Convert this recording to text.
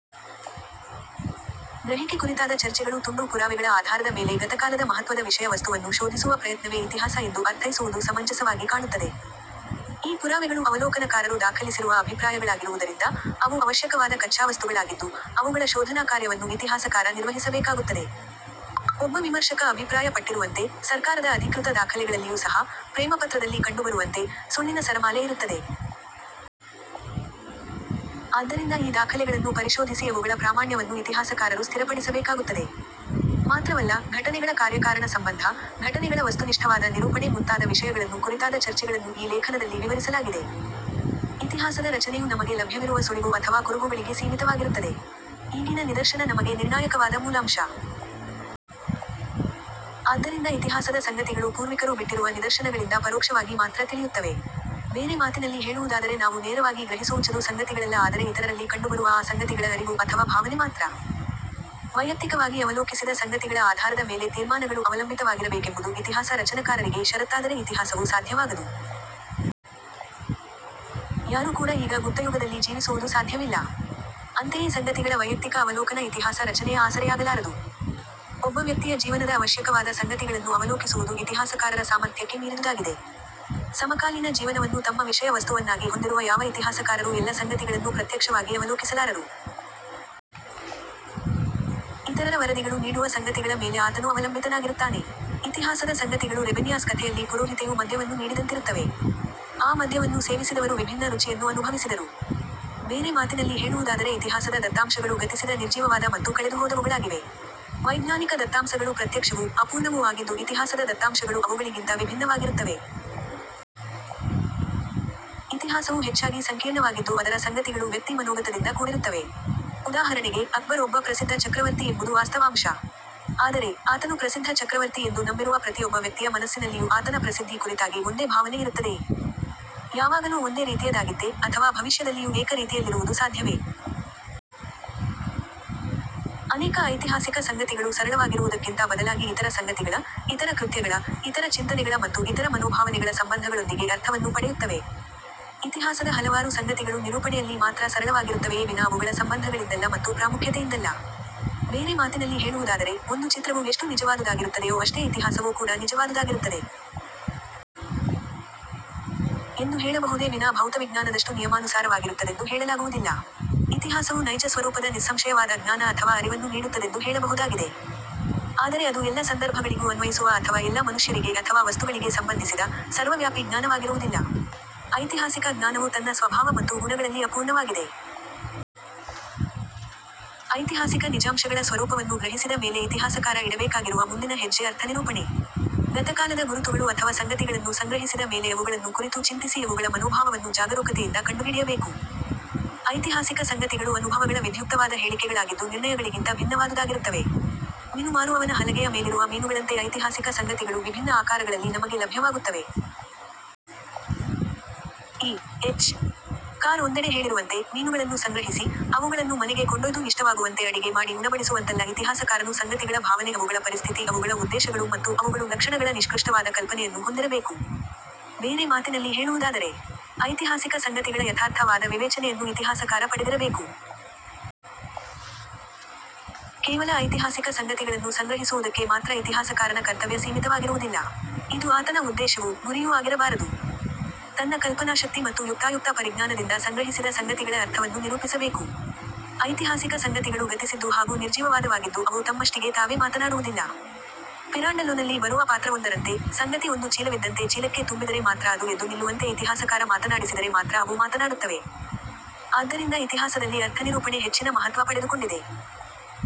ಗ್ರಹಿಕೆ ಕುರಿತಾದ ಚರ್ಚೆಗಳು ತುಂಡು ಪುರಾವೆಗಳ ಆಧಾರದ ಮೇಲೆ ಗತಕಾಲದ ಮಹತ್ವದ ವಿಷಯ ವಸ್ತುವನ್ನು ಶೋಧಿಸುವ ಪ್ರಯತ್ನವೇ ಇತಿಹಾಸ ಎಂದು ಅರ್ಥೈಸುವುದು ಸಮಂಜಸವಾಗಿ ಕಾಣುತ್ತದೆ. ಈ ಪುರಾವೆಗಳು ಅವಲೋಕನಕಾರರು ದಾಖಲಿಸಿರುವ ಅಭಿಪ್ರಾಯಗಳಾಗಿರುವುದರಿಂದ, ಅವು ಅವಶ್ಯಕವಾದ ಕಚ್ಚಾವಸ್ತುಗಳಾಗಿದ್ದು, ಅವುಗಳ ಶೋಧನಾಕಾರ್ಯವನ್ನು ಇತಿಹಾಸಕಾರ ನಿರ್ವಹಿಸಬೇಕಾಗುತ್ತದೆ. ಒಬ್ಬ ವಿಮರ್ಶಕ ಅಭಿಪ್ರಾಯ ಪಟ್ಟಿರುವಂತೆ, ಸರ್ಕಾರದ ಅಧಿಕೃತ ದಾಖಲೆಗಳಲ್ಲಿಯೂ ಸಹ, ಪ್ರೇಮಪತ್ರದಲ್ಲಿ ಕಂಡುಬರುವಂತೆ, ಸುಳ್ಳಿನ ಸರಮಾಲೆ ಇರುತ್ತದೆ. ಆದ್ದರಿಂದ ಈ ದಾಖಲೆಗಳನ್ನು ಪರಿಶೋಧಿಸಿ ಅವುಗಳ ಪ್ರಾಮಾಣ್ಯವನ್ನು ಇತಿಹಾಸಕಾರರು ಸ್ಥಿರಪಡಿಸಬೇಕಾಗುತ್ತದೆ. ಮಾತ್ರವಲ್ಲ, ಘಟನೆಗಳ ಕಾರ್ಯಕಾರಣ ಸಂಬಂಧ, ಘಟನೆಗಳ ವಸ್ತುನಿಷ್ಠವಾದ ನಿರೂಪಣೆ ಮುಂತಾದ ವಿಷಯಗಳನ್ನು ಕುರಿತಾದ ಚರ್ಚೆಗಳನ್ನು ಈ ಲೇಖನದಲ್ಲಿ ವಿವರಿಸಲಾಗಿದೆ. ಇತಿಹಾಸದ ರಚನೆಯು ನಮಗೆ ಲಭ್ಯವಿರುವ ಸುಳಿವು ಅಥವಾ ಕುರುಹುಗಳಿಗೆ ಸೀಮಿತವಾಗಿರುತ್ತದೆ. ಈಗಿನ ನಿದರ್ಶನ ನಮಗೆ ನಿರ್ಣಾಯಕವಾದ ಮೂಲಾಂಶ. ಆದ್ದರಿಂದ ಇತಿಹಾಸದ ಸಂಗತಿಗಳು ಪೂರ್ವಿಕರು ಬಿಟ್ಟಿರುವ ನಿದರ್ಶನಗಳಿಂದ ಪರೋಕ್ಷವಾಗಿ ಮಾತ್ರ ತಿಳಿಯುತ್ತವೆ. ಬೇರೆ ಮಾತಿನಲ್ಲಿ ಹೇಳುವುದಾದರೆ ನಾವು ನೇರವಾಗಿ ಗ್ರಹಿಸುವುಚದು ಸಂಗತಿಗಳಲ್ಲ ಆದರೆ ಇತರರಲ್ಲಿ ಕಂಡುಬರುವ ಆ ಸಂಗತಿಗಳ ಅರಿವು ಅಥವ ಭಾವನೆ ಮಾತ್ರ. ವೈಯಕ್ತಿಕವಾಗಿ ಅವಲೋಕಿಸಿದ ಸಂಗತಿಗಳ ಆಧಾರದ ಮೇಲೆ ತೀರ್ಮಾನಗಳು ಅವಲಂಬಿತವಾಗಿರಬೇಕೆಂಬುದು ಇತಿಹಾಸ ರಚನಕಾರರಿಗೆ ಷರತ್ತಾದರೆ ಇತಿಹಾಸವು ಸಾಧ್ಯವಾಗದು. ಯಾರೂ ಕೂಡ ಈಗ ಗುಪ್ತಯುಗದಲ್ಲಿ ಜೀವಿಸುವುದು ಸಾಧ್ಯವಿಲ್ಲ. ಅಂತೆಯೇ ಸಂಗತಿಗಳ ವೈಯಕ್ತಿಕ ಅವಲೋಕನ ಇತಿಹಾಸ ರಚನೆಯ ಆಸರೆಯಾಗಲಾರದು. ಒಬ್ಬ ವ್ಯಕ್ತಿಯ ಜೀವನದ ಅವಶ್ಯಕವಾದ ಸಂಗತಿಗಳನ್ನು ಅವಲೋಕಿಸುವುದು ಇತಿಹಾಸಕಾರರ ಸಾಮರ್ಥ್ಯಕ್ಕೆ ಮೀರಿದುದಾಗಿದೆ. ಸಮಕಾಲೀನ ಜೀವನವನ್ನು ತಮ್ಮ ವಿಷಯ ವಸ್ತುವನ್ನಾಗಿ ಹೊಂದಿರುವ ಯಾವ ಇತಿಹಾಸಕಾರರೂ ಎಲ್ಲ ಸಂಗತಿಗಳನ್ನೂ ಪ್ರತ್ಯಕ್ಷವಾಗಿ ಅವಲೋಕಿಸಲಾರರು. ಇತರರ ವರದಿಗಳು ನೀಡುವ ಸಂಗತಿಗಳ ಮೇಲೆ ಆತನು ಅವಲಂಬಿತನಾಗಿರುತ್ತಾನೆ. ಇತಿಹಾಸದ ಸಂಗತಿಗಳು ರೆಬೆನಿಯಾಸ್ ಕಥೆಯಲ್ಲಿ ಪುರೋಹಿತೆಯು ಮದ್ಯವನ್ನು ನೀಡಿದಂತಿರುತ್ತವೆ. ಆ ಮದ್ಯವನ್ನು ಸೇವಿಸಿದವರು ವಿಭಿನ್ನ ರುಚಿಯನ್ನು ಅನುಭವಿಸಿದರು. ಬೇರೆ ಮಾತಿನಲ್ಲಿ ಹೇಳುವುದಾದರೆ ಇತಿಹಾಸದ ದತ್ತಾಂಶಗಳು ಗತಿಸಿದ ನಿರ್ಜೀವವಾದ ಮತ್ತು ಕಳೆದುಹೋದವುಗಳಾಗಿವೆ. ವೈಜ್ಞಾನಿಕ ದತ್ತಾಂಸಗಳು ಪ್ರತ್ಯಕ್ಷವೂ, ಅಪೂರ್ಣವೂ ಆಗಿದ್ದು ಇತಿಹಾಸದ ದತ್ತಾಂಶಗಳು ಅವುಗಳಿಗಿಂತ ವಿಭಿನ್ನವಾಗಿರುತ್ತವೆ. ಇತಿಹಾಸವು ಹೆಚ್ಚಾಗಿ ಸಂಕೀರ್ಣವಾಗಿದ್ದು ಅದರ ಸಂಗತಿಗಳು ವ್ಯಕ್ತಿ ಮನೋಗತದಿಂದ ಕೂಡಿರುತ್ತವೆ. ಉದಾಹರಣೆಗೆ, ಅಕ್ಬರ್ ಒಬ್ಬ ಪ್ರಸಿದ್ದ ಚಕ್ರವರ್ತಿ ಎಂಬುದು ವಾಸ್ತವಾಂಶ. ಆದರೆ, ಆತನು ಪ್ರಸಿದ್ಧ ಚಕ್ರವರ್ತಿ ಎಂದು ನಂಬಿರುವ ಪ್ರತಿಯೊಬ್ಬ ವ್ಯಕ್ತಿಯ ಮನಸ್ಸಿನಲ್ಲಿಯೂ ಆತನ ಪ್ರಸಿದ್ಧಿ ಕುರಿತಾಗಿ ಒಂದೇ ಭಾವನೆ ಇರುತ್ತದೆಯೇ? ಯಾವಾಗಲೂ ಒಂದೇ ರೀತಿಯದಾಗಿತ್ತೆ, ಅಥವಾ ಭವಿಷ್ಯದಲ್ಲಿಯೂ ಏಕ ರೀತಿಯಲ್ಲಿರುವುದು ಸಾಧ್ಯವೇ? ಅನೇಕ ಐತಿಹಾಸಿಕ ಸಂಗತಿಗಳು ಸರಳವಾಗಿರುವುದಕ್ಕಿಂತ ಬದಲಾಗಿ ಇತರ ಸಂಗತಿಗಳ, ಇತರ ಕೃತ್ಯಗಳ, ಇತರ ಚಿಂತನೆಗಳ ಮತ್ತು ಇತರ ಮನೋಭಾವನೆಗಳ ಸಂಬಂಧಗಳೊಂದಿಗೆ ಅರ್ಥವನ್ನು ಪಡೆಯುತ್ತವೆ. ಇತಿಹಾಸದ ಹಲವಾರು ಸಂಗತಿಗಳು ನಿರೂಪಣೆಯಲ್ಲಿ ಮಾತ್ರ ಸರಳವಾಗಿರುತ್ತವೆಯೇ ವಿನಾ ಅವುಗಳ ಸಂಬಂಧಗಳಿಂದಲ್ಲ ಮತ್ತು ಪ್ರಾಮುಖ್ಯತೆಯಿಂದಲ್ಲ. ಬೇರೆ ಮಾತಿನಲ್ಲಿ ಹೇಳುವುದಾದರೆ, ಒಂದು ಚಿತ್ರವು ಎಷ್ಟು ನಿಜವಾದುದಾಗಿರುತ್ತದೆಯೋ ಅಷ್ಟೇ ಇತಿಹಾಸವೂ ಕೂಡ ನಿಜವಾದುದಾಗಿರುತ್ತದೆ. ಎಂದು ಹೇಳಬಹುದೇ ವಿನಾ ಭೌತವಿಜ್ಞಾನದಷ್ಟು ನಿಯಮಾನುಸಾರವಾಗಿರುತ್ತದೆಂದು ಹೇಳಲಾಗುವುದಿಲ್ಲ. ಇತಿಹಾಸವು ನೈಜ ಸ್ವರೂಪದ ನಿಸ್ಸಂಶಯವಾದ ಜ್ಞಾನ ಅಥವಾ ಅರಿವನ್ನು ನೀಡುತ್ತದೆಂದು ಹೇಳಬಹುದಾಗಿದೆ. ಆದರೆ ಅದು ಎಲ್ಲ ಸಂದರ್ಭಗಳಿಗೂ ಅನ್ವಯಿಸುವ ಅಥವ ಎಲ್ಲ ಮನುಷ್ಯರಿಗೆ ಅಥವಾ ವಸ್ತುಗಳಿಗೆ ಸಂಬಂಧಿಸಿದ, ಸರ್ವವ್ಯಾಪಿ ಜ್ಞಾನವಾಗಿರುವುದಿಲ್ಲ. ಐತಿಹಾಸಿಕ ಜ್ಞಾನವು ತನ್ನ ಸ್ವಭಾವ ಮತ್ತು ಗುಣಗಳಲ್ಲಿ ಅಪೂರ್ಣವಾಗಿದೆ. ಐತಿಹಾಸಿಕ ನಿಜಾಂಶಗಳ ಸ್ವರೂಪವನ್ನು ಗ್ರಹಿಸಿದ ಮೇಲೆ ಇತಿಹಾಸಕಾರ ಇಡಬೇಕಾಗಿರುವ ಮುಂದಿನ ಹೆಜ್ಜೆ ಅರ್ಥನಿರೂಪಣೆ. ಗತಕಾಲದ ಗುರುತುಗಳು ಅಥವ ಸಂಗತಿಗಳನ್ನು ಸಂಗ್ರಹಿಸಿದ ಮೇಲೆ ಅವುಗಳನ್ನು ಕುರಿತು ಚಿಂತಿಸಿ ಅವುಗಳ ಮನೋಭಾವವನ್ನು ಜಾಗರೂಕತೆಯಿಂದ ಕಂಡುಹಿಡಿಯಬೇಕು. ಐತಿಹಾಸಿಕ ಸಂಗತಿಗಳು ಅನುಭವಗಳ ವಿಧ್ಯುಕ್ತವಾದ ಹೇಳಿಕೆಗಳಾಗಿದ್ದು ನಿರ್ಣಯಗಳಿಗಿಂತ ಭಿನ್ನವಾದುದಾಗಿರುತ್ತವೆ. ಮೀನು ಮಾರುವವನ ಹಲಗೆಯ ಮೇಲಿರುವ ಮೀನುಗಳಂತೆ ಐತಿಹಾಸಿಕ ಸಂಗತಿಗಳು ವಿಭಿನ್ನ ಆಕಾರಗಳಲ್ಲಿ ನಮಗೆ ಲಭ್ಯವಾಗುತ್ತವೆ. ಇ. ಎಚ್. ಕಾರ್ ಒಂದೆಡೆ ಹೇಳಿರುವಂತೆ, ಮೀನುಗಳನ್ನು ಸಂಗ್ರಹಿಸಿ, ಅವುಗಳನ್ನು ಮನೆಗೆ ಕೊಂಡೊಯ್ದು ಇಷ್ಟವಾಗುವಂತೆ ಅಡಿಗೆ ಮಾಡಿ ಉಣಬಡಿಸುವಂತಲ್ಲ ಇತಿಹಾಸಕಾರನು ಸಂಗತಿಗಳ ಭಾವನೆ ಅವುಗಳ ಪರಿಸ್ಥಿತಿ ಅವುಗಳ ಉದ್ದೇಶಗಳು ಮತ್ತು ಅವುಗಳು ಲಕ್ಷಣಗಳ ನಿಷ್ಕೃಷ್ಟವಾದ ಕಲ್ಪನೆಯನ್ನು ಹೊಂದಿರಬೇಕು. ಬೇರೆ ಮಾತಿನಲ್ಲಿ ಹೇಳುವುದಾದರೆ. ಐತಿಹಾಸಿಕ ಸಂಗತಿಗಳ ಯಥಾರ್ಥ ವಾದ ವಿವೇಚನೆಯನ್ನು ಇತಿಹಾಸಕಾರ ಪಡೆದಿರಬೇಕು. ಕೇವಲ ಐತಿಹಾಸಿಕ ಸಂಗತಿಗಳನ್ನು ಸಂಗ್ರಹಿಸುವುದಕ್ಕೆ ಮಾತ್ರ ಇತಿಹಾಸಕಾರನ ಕರ್ತವ್ಯ ಸೀಮಿತವಾಗಿರುವುದಿಲ್ಲ. ಇದು ಆತನ ಉದ್ದೇಶವೂ, ಗುರಿಯೂ ಆಗಿರಬಾರದು. ತನ್ನ ಕಲ್ಪನಾಶಕ್ತಿ ಮತ್ತು ಯುಕ್ತಾಯುಕ್ತ ಪರಿಜ್ಞಾನದಿಂದ ಸಂಗ್ರಹಿಸಿದ ಸಂಗತಿಗಳ ಅರ್ಥವನ್ನು ನಿರೂಪಿಸಬೇಕು. ಐತಿಹಾಸಿಕ ಸಂಗತಿಗಳು ಗತಿಸಿದ್ದು ಹಾಗೂ ನಿರ್ಜೀವವಾದವಾಗಿದ್ದು ಅವು ತಮ್ಮಷ್ಟಿಗೆ ತಾವೇ ಮಾತನಾಡುವುದಿಲ್ಲ. ಪಿರಾಂಡಲ್ಲೊನಲ್ಲಿ ಬರುವ ಪಾತ್ರವೊಂದರಂತೆ, ಸಂಗತಿ ಒಂದು ಚೀಲವಿದ್ದಂತೆ ಚೀಲಕ್ಕೆ ತುಂಬಿದರೆ ಮಾತ್ರ ಅದು ಎದ್ದು ನಿಲ್ಲುವಂತೆ ಇತಿಹಾಸಕಾರ ಮಾತನಾಡಿಸಿದರೆ ಮಾತ್ರ ಅವು ಮಾತನಾಡುತ್ತವೆ. ಆದ್ದರಿಂದ ಇತಿಹಾಸದಲ್ಲಿ ಅರ್ಥನಿರೂಪಣೆ ಹೆಚ್ಚಿನ ಮಹತ್ವ ಪಡೆದುಕೊಂಡಿದೆ.